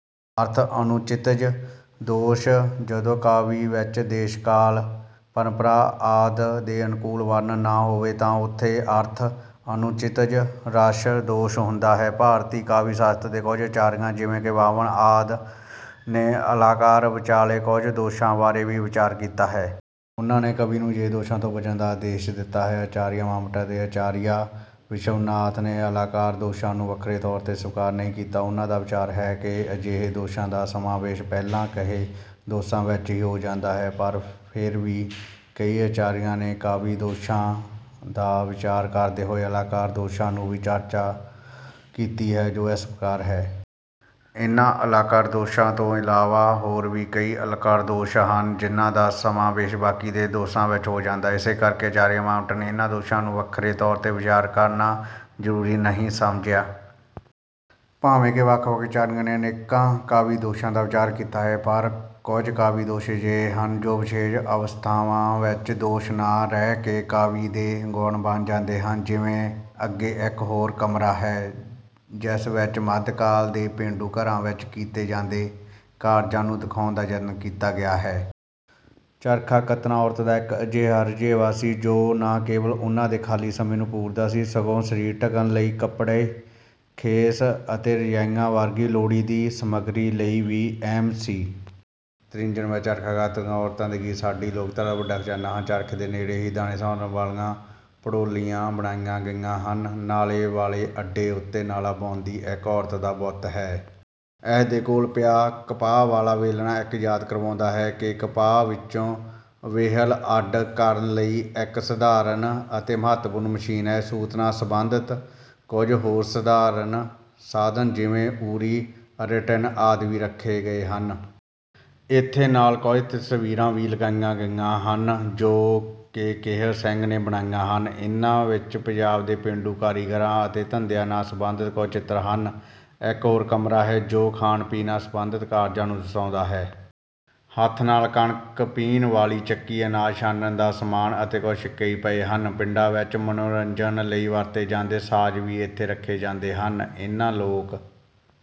ਅਰਥ-ਅਨੌਚਿਤਯ ਦੋਸ਼- ਜਦੋਂ ਕਾਵਿ ਵਿੱਚ ਦੇਸ਼-ਕਾਲ, ਪਰੰਪਰਾ ਆਦਿ ਦੇ ਅਨੁਕੂਲ ਵਰਣਨ ਨਾ ਹੋਵੇ ਤਾਂ ਉੱਥੇ 'ਅਰਥ-ਅਨੌਚਿਤਯ' ਰਸ ਦੋਸ਼ ਹੁੰਦਾ ਹੈ। ਭਾਰਤੀ ਕਾਵਿ-ਸ਼ਾਸਤਰ ਦੇ ਕੁਝ ਆਚਾਰੀਆਂ ਜਿਵੇਂ ਕਿ ਵਾਮਨ ਆਦਿ ਨੇ ਅਲੰਕਾਰ ਵਿੱਚਲੇ ਕੁਝ ਦੋਸ਼ਾਂ ਬਾਰੇ ਵੀ ਵਿਚਾਰ ਕੀਤਾ ਹੈ। ਉਨ੍ਹਾਂ ਨੇ ਕਵੀ ਨੂੰ ਅਜਿਹੇ ਦੋਸ਼ਾਂ ਤੋਂ ਬਚਣ ਦਾ ਆਦੇਸ਼ ਦਿੱਤਾ ਹੈ। ਆਚਾਰੀਆ ਮੰਮਟ ਅਤੇ ਆਚਾਰੀਆ ਵਿਸ਼ਵਨਾਥ ਨੇ ਅਲੰਕਾਰ ਦੋਸ਼ਾਂ ਨੂੰ ਵੱਖਰੇ ਤੌਰ 'ਤੇ ਸਵੀਕਾਰ ਨਹੀਂ ਕੀਤਾ। ਉਨ੍ਹਾਂ ਦਾ ਵਿਚਾਰ ਹੈ ਕਿ ਅਜਿਹੇ ਦੋਸ਼ਾਂ ਦਾ ਸਮਾਵੇਸ਼ ਪਹਿਲਾਂ ਕਹੇ ਦੋਸ਼ਾਂ ਵਿੱਚ ਹੀ ਹੋ ਜਾਂਦਾ ਹੈ, ਪਰ ਫਿਰ ਵੀ ਕਈ ਆਚਾਰੀਆਂ ਨੇ ਕਾਵਿ ਦੋਸ਼ਾਂ ਦਾ ਵਿਚਾਰ ਕਰਦੇ ਹੋਏ ਅਲੰਕਾਰ ਦੋਸ਼ਾਂ ਦੀ ਵੀ ਚਰਚਾ ਕੀਤੀ ਹੈ, ਜੋ ਇਸ ਪ੍ਰਕਾਰ ਹੈ। ਇਨ੍ਹਾਂ ਅਲੰਕਾਰ ਦੋਸ਼ਾਂ ਤੋਂ ਇਲਾਵਾ ਹੋਰ ਵੀ ਕਈ ਅਲੰਕਾਰ ਦੋਸ਼ ਹਨ ਜਿਨ੍ਹਾਂ ਦਾ ਸਮਾਵੇਸ਼ ਬਾਕੀ ਦੇ ਦੋਸ਼ਾਂ ਵਿੱਚ ਹੀ ਹੋ ਜਾਂਦਾ ਹੈ। ਇਸੇ ਕਰਕੇ ਆਚਾਰੀਆ ਮੰਮਟ ਨੇ ਇਨ੍ਹਾਂ ਦੋਸ਼ਾਂ ਦਾ ਵੱਖਰੇ ਤੌਰ 'ਤੇ ਵਿਚਾਰ ਕਰਨਾ ਜ਼ਰੂਰੀ ਨਹੀਂ ਸਮਝਿਆ। ਭਾਵੇਂ ਕਿ ਵੱਖ-ਵੱਖ ਆਚਾਰੀਆਂ ਨੇ ਅਨੇਕਾਂ ਕਾਵਿ-ਦੋਸ਼ਾਂ ਦਾ ਵਿਚਾਰ ਕੀਤਾ ਹੈ, ਪਰ ਕੁਝ ਕਾਵਿ ਦੋਸ਼ ਅਜਿਹੇ ਹਨ ਜੋ ਵਿਸ਼ੇਸ਼ ਅਵਸਥਾਵਾਂ ਵਿੱਚ ਦੋਸ਼ ਨਾ ਰਹਿ ਕੇ ਕਾਵਿ ਦੇ ਗੁਣ ਬਣ ਜਾਂਦੇ ਹਨ। ਜਿਵੇਂ, ਅੱਗੇ ਇੱਕ ਹੋਰ ਕਮਰਾ ਹੈ, ਜਿਸ ਵਿੱਚ ਮੱਧਕਾਲ ਦੇ ਪੇਂਡੂ ਘਰਾਂ ਵਿੱਚ ਕੀਤੇ ਜਾਂਦੇ ਕਾਰਜਾਂ ਨੂੰ ਦਿਖਾਉਣ ਦਾ ਯਤਨ ਕੀਤਾ ਗਿਆ ਹੈ। ਚਰਖਾ ਕੱਤਣਾ ਔਰਤਾਂ ਦਾ ਇੱਕ ਅਜਿਹਾ ਰੁਝੇਵਾਂ ਸੀ, ਜੋ ਨਾ ਕੇਵਲ ਉਨ੍ਹਾਂ ਦੇ ਖਾਲੀ ਸਮੇਂ ਨੂੰ ਪੂਰਦਾ ਸੀ, ਸਗੋਂ ਸਰੀਰ ਢੱਕਣ ਲਈ ਕੱਪੜੇ, ਖੇਸ ਅਤੇ ਰਜਾਈਆਂ ਵਰਗੀ ਲੋੜੀਂਦੀ ਸਮੱਗਰੀ ਲਈ ਵੀ ਅਹਿਮ ਸੀ। ਤ੍ਰਿੰਝਣ ਵਿੱਚ ਚਰਖਾ ਕੱਤਦੀਆਂ ਔਰਤਾਂ ਦੇ ਗੀਤ ਸਾਡੀ ਲੋਕਧਾਰਾ ਦਾ ਵੱਡਾ ਖਜ਼ਾਨਾ ਹਨ। ਚਰਖੇ ਦੇ ਨੇੜੇ ਹੀ ਦਾਣੇ ਸੰਭਾਲਣ ਵਾਲੀਆਂ ਭੜੋਲੀਆਂ ਬਣਾਈਆਂ ਗਈਆਂ ਹਨ। ਨਾਲੇ ਵਾਲੇ ਅੱਡੇ ਉੱਤੇ ਨਾਲਾ ਬੁਣਦੀ ਇੱਕ ਔਰਤ ਦਾ ਬੁੱਤ ਹੈ। ਇਸ ਦੇ ਕੋਲ ਪਿਆ ਕਪਾਹ ਵਾਲਾ ਵੇਲਣਾ ਇਹ ਯਾਦ ਕਰਵਾਉਂਦਾ ਹੈ ਕਿ ਕਪਾਹ ਵਿੱਚੋਂ ਵੇਹਲ ਅੱਡ ਕਰਨ ਲਈ ਇਹ ਇੱਕ ਸਧਾਰਨ ਅਤੇ ਮਹੱਤਵਪੂਰਨ ਮਸ਼ੀਨ ਹੈ। ਸੂਤ ਨਾਲ ਸਬੰਧਤ ਕੁਝ ਹੋਰ ਸਧਾਰਨ ਸਾਧਨ ਜਿਵੇਂ ਊਰੀ, ਅਟੇਰਨ ਆਦਿ ਵੀ ਰੱਖੇ ਗਏ ਹਨ। ਇੱਥੇ ਨਾਲ ਕੁਝ ਤਸਵੀਰਾਂ ਵੀ ਲਗਾਈਆਂ ਗਈਆਂ ਹਨ, ਜੋ ਕਿ ਕਿਹਰ ਸਿੰਘ ਨੇ ਬਣਾਈਆਂ ਹਨ। ਇਨ੍ਹਾਂ ਵਿੱਚ ਪੰਜਾਬ ਦੇ ਪੇਂਡੂ ਕਾਰੀਗਰਾਂ ਅਤੇ ਧੰਦਿਆਂ ਨਾਲ ਸਬੰਧਤ ਕੁਝ ਚਿੱਤਰ ਹਨ। ਇੱਕ ਹੋਰ ਕਮਰਾ ਹੈ, ਜੋ ਖਾਣ-ਪੀਣ ਨਾਲ ਸਬੰਧਤ ਕਾਰਜਾਂ ਨੂੰ ਦਰਸਾਉਂਦਾ ਹੈ। ਹੱਥ ਨਾਲ ਕਣਕ ਪੀਹਣ ਵਾਲੀ ਚੱਕੀ, ਅਨਾਜ ਛਾਣਨ ਦਾ ਸਮਾਨ ਅਤੇ ਕੁਝ ਛਿੱਕੇ ਵੀ ਪਏ ਹਨ। ਪਿੰਡਾਂ ਵਿੱਚ ਮਨੋਰੰਜਨ ਲਈ ਵਰਤੇ ਜਾਂਦੇ ਸਾਜ਼ ਵੀ ਇੱਥੇ ਰੱਖੇ ਜਾਂਦੇ ਹਨ। ਇਨ੍ਹਾਂ ਲੋਕ